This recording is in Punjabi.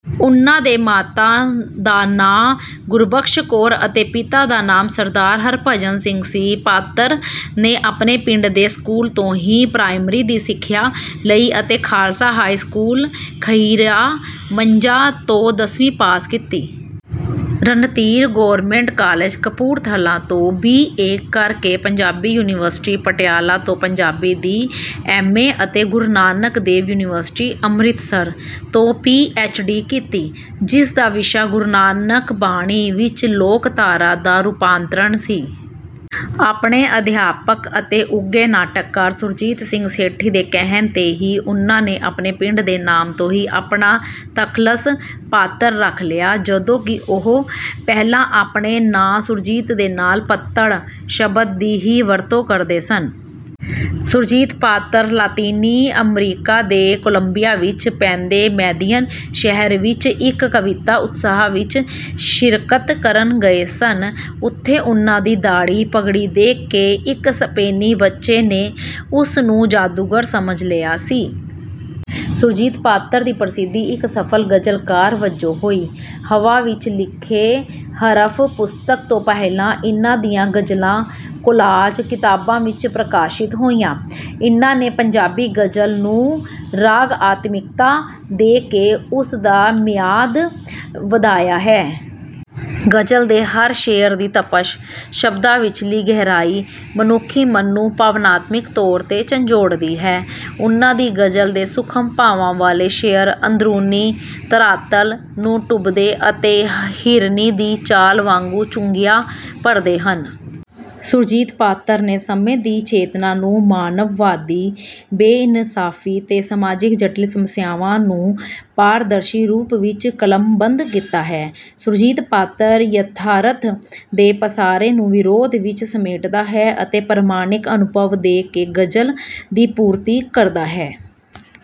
ਉਨ੍ਹਾਂ ਦੇ ਮਾਤਾ ਦਾ ਨਾਂ ਗੁਰਬਖਸ਼ ਕੌਰ ਅਤੇ ਪਿਤਾ ਦਾ ਨਾਂ ਸ. ਹਰਭਜਨ ਸਿੰਘ ਸੀ। ਪਾਤਰ ਨੇ ਆਪਣੇ ਪਿੰਡ ਦੇ ਸਕੂਲ ਤੋਂ ਹੀ ਪ੍ਰਾਇਮਰੀ ਦੀ ਸਿੱਖਿਆ ਲਈ ਅਤੇ ਖਾਲਸਾ ਹਾਈ ਸਕੂਲ ਖਹਿਰਾ ਮਝਾ ਤੋਂ ਦਸਵੀਂ ਪਾਸ ਕੀਤੀ। ਰਣਧੀਰ ਗੌਰਮਿੰਟ ਕਾਲਜ ਕਪੂਰਥਲਾ ਤੋਂ ਬੀ. ਏ ਕਰਕੇ ਪੰਜਾਬੀ ਯੂਨੀਵਰਸਿਟੀ, ਪਟਿਆਲਾ ਤੋਂ ਪੰਜਾਬੀ ਦੀ ਐਮ. ਏ. ਅਤੇ ਗੁਰੂ ਨਾਨਕ ਦੇਵ ਯੂਨੀਵਰਿਸਟੀ, ਅੰਮ੍ਰਿਤਸਰ ਤੋਂ ਪੀ. ਐਚ. ਡੀ ਕੀਤੀ। ਜਿਸਦਾ ਵਿਸ਼ਾ "ਗੁਰੂ ਨਾਨਕ ਬਾਣੀ ਵਿੱਚ ਲੋਕਧਾਰਾ ਦਾ ਰੂਪਾਂਤਰਣ" ਸੀ। ਆਪਣੇ ਅਧਿਆਪਕ ਅਤੇ ਉੱਘੇ ਨਾਟਕਕਾਰ ਸੁਰਜੀਤ ਸਿੰਘ ਸੇਠੀ ਦੇ ਕਹਿਣ 'ਤੇ ਹੀ ਉਹਨਾਂ ਨੇ ਆਪਣੇ ਪਿੰਡ ਦੇ ਨਾਮ ਤੋਂ ਹੀ ਆਪਣਾ ਤਖੱਲਸ 'ਪਾਤਰ' ਰੱਖ ਲਿਆ, ਜਦੋਂ ਕਿ ਉਹ ਪਹਿਲਾਂ ਆਪਣੇ ਨਾਂ ਸੁਰਜੀਤ ਦੇ ਨਾਲ ਪੱਤੜ ਸ਼ਬਦ ਦੀ ਹੀ ਵਰਤੋਂ ਕਰਦੇ ਸਨ। ਸੁਰਜੀਤ ਪਾਤਰ ਲਾਤੀਨੀ ਅਮਰੀਕਾ ਦੇ ਕੋਲੰਬੀਆ ਵਿੱਚ ਪੈਂਦੇ ਮੈਦਿਯਨ ਸ਼ਹਿਰ ਵਿੱਚ ਇੱਕ ਕਵਿਤਾ ਉਤਸਵ ਵਿੱਚ ਸ਼ਿਰਕਤ ਕਰਨ ਗਏ ਸਨ। ਓਥੇ ਉਨ੍ਹਾਂ ਦੀ ਦਾੜ੍ਹੀ, ਪਗੜੀ ਦੇਖ ਕੇ ਇੱਕ ਸਪੇਨੀ ਬੱਚੇ ਨੇ ਉਸ ਨੂੰ ਜਾਦੂਗਰ ਸਮਝ ਲਿਆ ਸੀ। ਸੁਰਜੀਤ ਪਾਤਰ ਦੀ ਪ੍ਰਸਿੱਧੀ ਇੱਕ ਸਫਲ ਗਜ਼ਲਕਾਰ ਵਜੋਂ ਹੋਈ। 'ਹਵਾ ਵਿੱਚ ਲਿਖੇ ਹਰਫ਼' ਪੁਸਤਕ ਤੋਂ ਪਹਿਲਾਂ ਇਨ੍ਹਾਂ ਦੀਆਂ ਗਜ਼ਲਾਂ 'ਕੋਲਾਜ਼' ਕਿਤਾਬ ਵਿੱਚ ਪ੍ਰਕਾਸ਼ਿਤ ਹੋਈਆਂ। ਇਨ੍ਹਾਂ ਨੇ ਪੰਜਾਬੀ ਗ਼ਜ਼ਲ ਨੂੰ ਰਾਗਆਤਮਿਕਤਾ ਦੇ ਕੇ ਉਸ ਦਾ ਮਿਆਰ ਵਧਾਇਆ ਹੈ। ਗ਼ਜ਼ਲ ਦੇ ਹਰ ਸ਼ੇਅਰ ਦੀ ਤਪਸ਼, ਸ਼ਬਦਾਂ ਵਿਚਲੀ ਗਹਿਰਾਈ ਮੁਨੱਖੀ ਮਨ ਨੂੰ ਭਾਵਨਾਤਮਿਕ ਤੌਰ ਤੇ ਝੰਜੋੜਦੀ ਹੈ। ਉਨ੍ਹਾਂ ਦੀ ਗ਼ਜ਼ਲ ਦੇ ਸੂਖਮ ਭਾਵਾਂ ਵਾਲੇ ਸ਼ੇਅਰ, ਅੰਦਰੂਨੀ ਧਰਾਤਲ ਨੂੰ ਟੁੰਬਦੇ ਅਤੇ ਹਿਰਨੀ ਦੀ ਚਾਲ ਵਾਂਗੂ ਚੁੰਗੀਆਂ ਭਰਦੇ ਹਨ। ਸੁਰਜੀਤ ਪਾਤਰ ਨੇ ਸਮੇਂ ਦੀ ਚੇਤਨਾ ਨੂੰ ਮਾਨਵਵਾਦੀ, ਬੇਇਨਸਾਫੀ ਤੇ ਸਮਾਜਿਕ ਜਟਿਲ ਸਮੱਸਿਆਵਾਂ ਨੂੰ ਪਾਰਦਰਸ਼ੀ ਰੂਪ ਵਿਚ ਕਲਮਬੰਦ ਕੀਤਾ ਹੈ। ਸੁਰਜੀਤ ਪਾਤਰ ਯਥਾਰਥ ਦੇ ਪਸਾਰੇ ਨੂੰ ਵਿਰੋਧ ਵਿਚ ਸਮੇਟਦਾ ਹੈ ਅਤੇ ਪ੍ਰਮਾਣਿਕ ਅਨੁਭਵ ਦੇ ਕੇ ਗ਼ਜ਼ਲ ਦੀ ਪੂਰਤੀ ਕਰਦਾ ਹੈ।